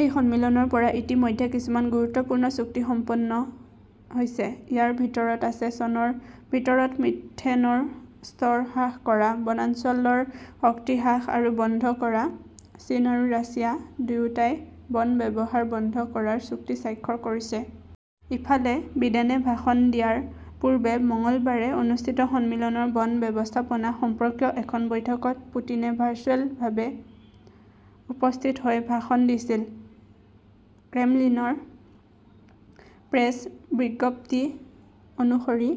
এই সন্মিলনৰ পৰা ইতিমধ্যে কিছুমান গুৰুত্বপূৰ্ণ চুক্তি সম্পন্ন হৈছে। ইয়াৰ ভিতৰত আছে চনৰ ভিতৰত মিথেনৰ স্তৰ হ্ৰাস কৰা, বনাঞ্চলৰ শক্তি হ্ৰাস আৰু বন্ধ কৰা। চীন আৰু ৰাছিয়া দুয়োটাই বন ব্যৱহাৰ বন্ধ কৰাৰ চুক্তি স্বাক্ষৰ কৰিছে। ইফালে, বিডেনে ভাষণ দিয়াৰ পূৰ্বে মঙলবাৰে অনুষ্ঠিত সন্মিলনৰ বন ব্যৱস্থাপনা সম্পৰ্কীয় এখন বৈঠকত পুটিনে ভাৰ্চুৱেলভাৱে উপস্থিত হৈ ভাষণ দিছিল। ক্ৰেমলিনৰ প্ৰেছ বিজ্ঞপ্তি অনুসৰি,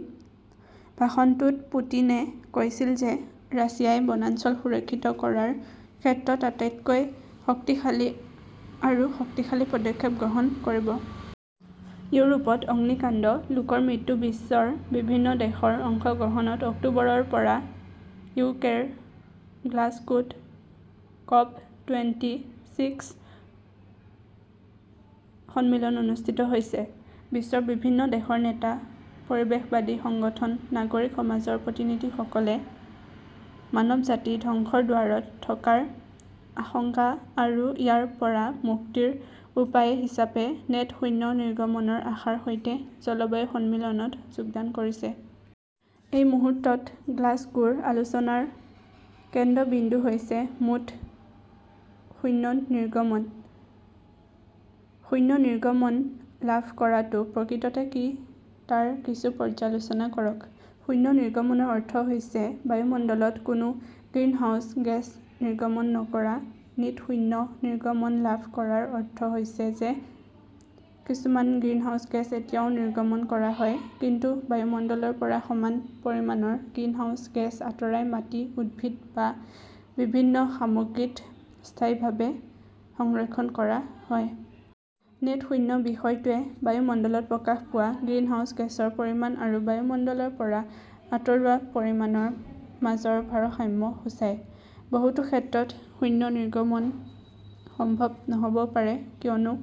ভাষণটোত পুটিনে কৈছিল যে ৰাছিয়াই বনাঞ্চল সুৰক্ষিত কৰাৰ ক্ষেত্ৰত আটাইতকৈ শক্তিশালী আৰু শক্তিশালী পদক্ষেপ গ্ৰহণ কৰিব। ইউৰোপত অগ্নিকাণ্ড, লোকৰ মৃত্যু বিশ্বৰ বিভিন্ন দেশৰ অংশগ্ৰহণত অক্টোবৰৰ পৰা ইউকেৰ গ্লাছগোত 'কপ টুৱেন্টি ছিক্স সন্মিলন অনুষ্ঠিত হৈছে। বিশ্বৰ বিভিন্ন দেশৰ নেতা, পৰিৱেশবাদী সংগঠন, নাগৰিক সমাজৰ প্ৰতিনিধিসকলে 'মানৱজাতি ধ্বংসৰ দুৱাৰত "থকাৰ আশংকা আৰু ইয়াৰ পৰা মুক্তিৰ উপায় হিচাপে নেট শূন্য নিৰ্গমনৰ আশাৰ সৈতে জলবায়ু সন্মিলনত যোগদান কৰিছে। এই মুহূৰ্তত গ্লাছগোৰ আলোচনাৰ কেন্দ্ৰবিন্দু হৈছে মুঠ শূন্য নিৰ্গমন। শূন্য নিৰ্গমন লাভ কৰাটো প্ৰকৃততে কি তাৰ কিছু পৰ্যালোচনা কৰক। শূন্য নিৰ্গমনৰ অৰ্থ হৈছে বায়ুমণ্ডলত কোনো গ্ৰিনহাউজ গেছ নিৰ্গমন নকৰা। নিট-শূন্য নিৰ্গমন লাভ কৰাৰ অৰ্থ হৈছে যে কিছুমান গ্ৰিনহাউজ গেছ এতিয়াও নিৰ্গমন কৰা হয়, কিন্তু বায়ুমণ্ডলৰ পৰা সমান পৰিমাণৰ গ্ৰিনহাউজ গেছ আঁতৰাই মাটি, উদ্ভিদ বা বিভিন্ন সামগ্ৰীত স্থায়ীভাৱে সংৰক্ষণ কৰা হয়। নেট শূন্য বিষয়টোৱে বায়ুমণ্ডলত প্ৰকাশ পোৱা গ্ৰিনহাউজ গেছৰ পৰিমাণ আৰু বায়ুমণ্ডলৰ পৰা আঁতৰোৱা পৰিমাণৰ মাজৰ ভাৰসাম্য সূচায়। বহুতো ক্ষেত্ৰত শূন্য নিৰ্গমন সম্ভৱ নহ 'বও পাৰে, কিয়নো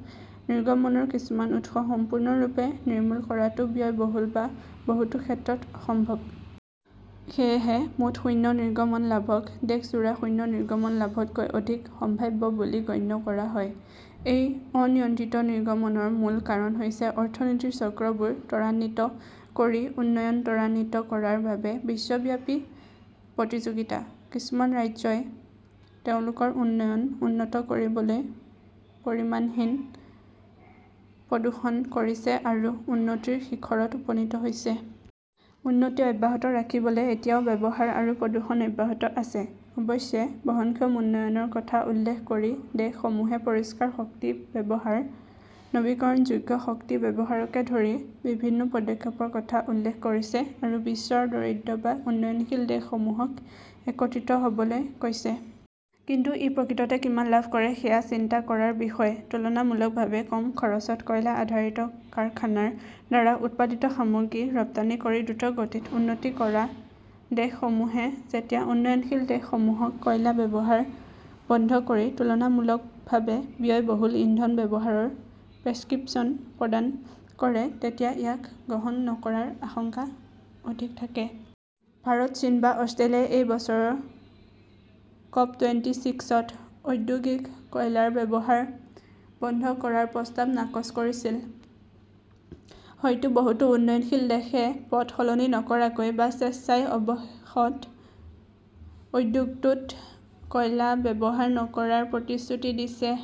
নিৰ্গমনৰ কিছুমান উৎস সম্পূৰ্ণৰূপে নিৰ্মূল কৰাটো ব্যয়বহুল বা বহুতো ক্ষেত্ৰত অসম্ভৱ। সেয়েহে মুঠ শূন্য নিৰ্গমন লাভক দেশজোৰা শূন্য নিৰ্গমন লাভতকৈ অধিক সম্ভাৱ্য বুলি গণ্য কৰা হয়। এই অনিয়ন্ত্ৰিত নিৰ্গমনৰ মূল কাৰণ হৈছে অৰ্থনীতিৰ চক্ৰবোৰ ত্বৰান্বিত কৰি উন্নয়ন ত্বৰান্বিত কৰাৰ বাবে বিশ্বব্যাপী প্ৰতিযোগিতা। কিছুমান ৰাজ্যই তেওঁলোকৰ উন্নয়ন উন্নত কৰিবলৈ পৰিমাণহীন প্ৰদূষণ কৰিছে আৰু উন্নতিৰ শিখৰত উপনীত হৈছে। উন্নতি অব্যাহত ৰাখিবলৈ এতিয়াও ব্যৱহাৰ আৰু প্ৰদূষণ অব্যাহত আছে। অৱশ্যে, বহনক্ষম উন্নয়নৰ কথা উল্লেখ কৰি দেশসমূহে পৰিষ্কাৰ শক্তি ব্যৱহাৰ, নৱীকৰণযোগ্য শক্তি ব্যৱহাৰকে ধৰি বিভিন্ন পদক্ষেপৰ কথা উল্লেখ কৰিছে আৰু বিশ্বৰ দৰিদ্ৰ বা উন্নয়নশীল দেশসমূহক একত্ৰিত হ'বলৈ কৈছে। কিন্তু ই প্ৰকৃততে কিমান লাভ কৰে সেয়া চিন্তা কৰাৰ বিষয়। তুলনামূলকভাৱে কম খৰচত কয়লা-আধাৰিত কাৰখানাৰ দ্বাৰা উৎপাদিত সামগ্ৰী ৰপ্তানি কৰি দ্ৰুতগতিত উন্নতি কৰা দেশসমূহে যেতিয়া উন্নয়নশীল দেশসমূহক কয়লা ব্যৱহাৰ বন্ধ কৰি তুলনামূলকভাৱে ব্যয়বহুল ইন্ধন ব্যৱহাৰৰ প্ৰেছক্ৰিপশ্যন প্ৰদান কৰে তেতিয়া ইয়াক গ্ৰহণ নকৰাৰ আশংকা অধিক থাকে। ভাৰত, চীন বা অষ্ট্ৰেলিয়াই এই বছৰৰ কপটুৱেন্টি ছিক্স-ত ঔদ্যোগিক কয়লাৰ ব্যৱহাৰ বন্ধ কৰাৰ প্ৰস্তাৱ নাকচ কৰিছিল। হয়তো বহুতো উন্নয়নশীল দেশে পথ সলনি নকৰাকৈ বা স্বেচ্ছাই অৱশেষত উদ্যোগটোত কয়লা ব্যৱহাৰ নকৰাৰ প্ৰতিশ্ৰুতি দিছে।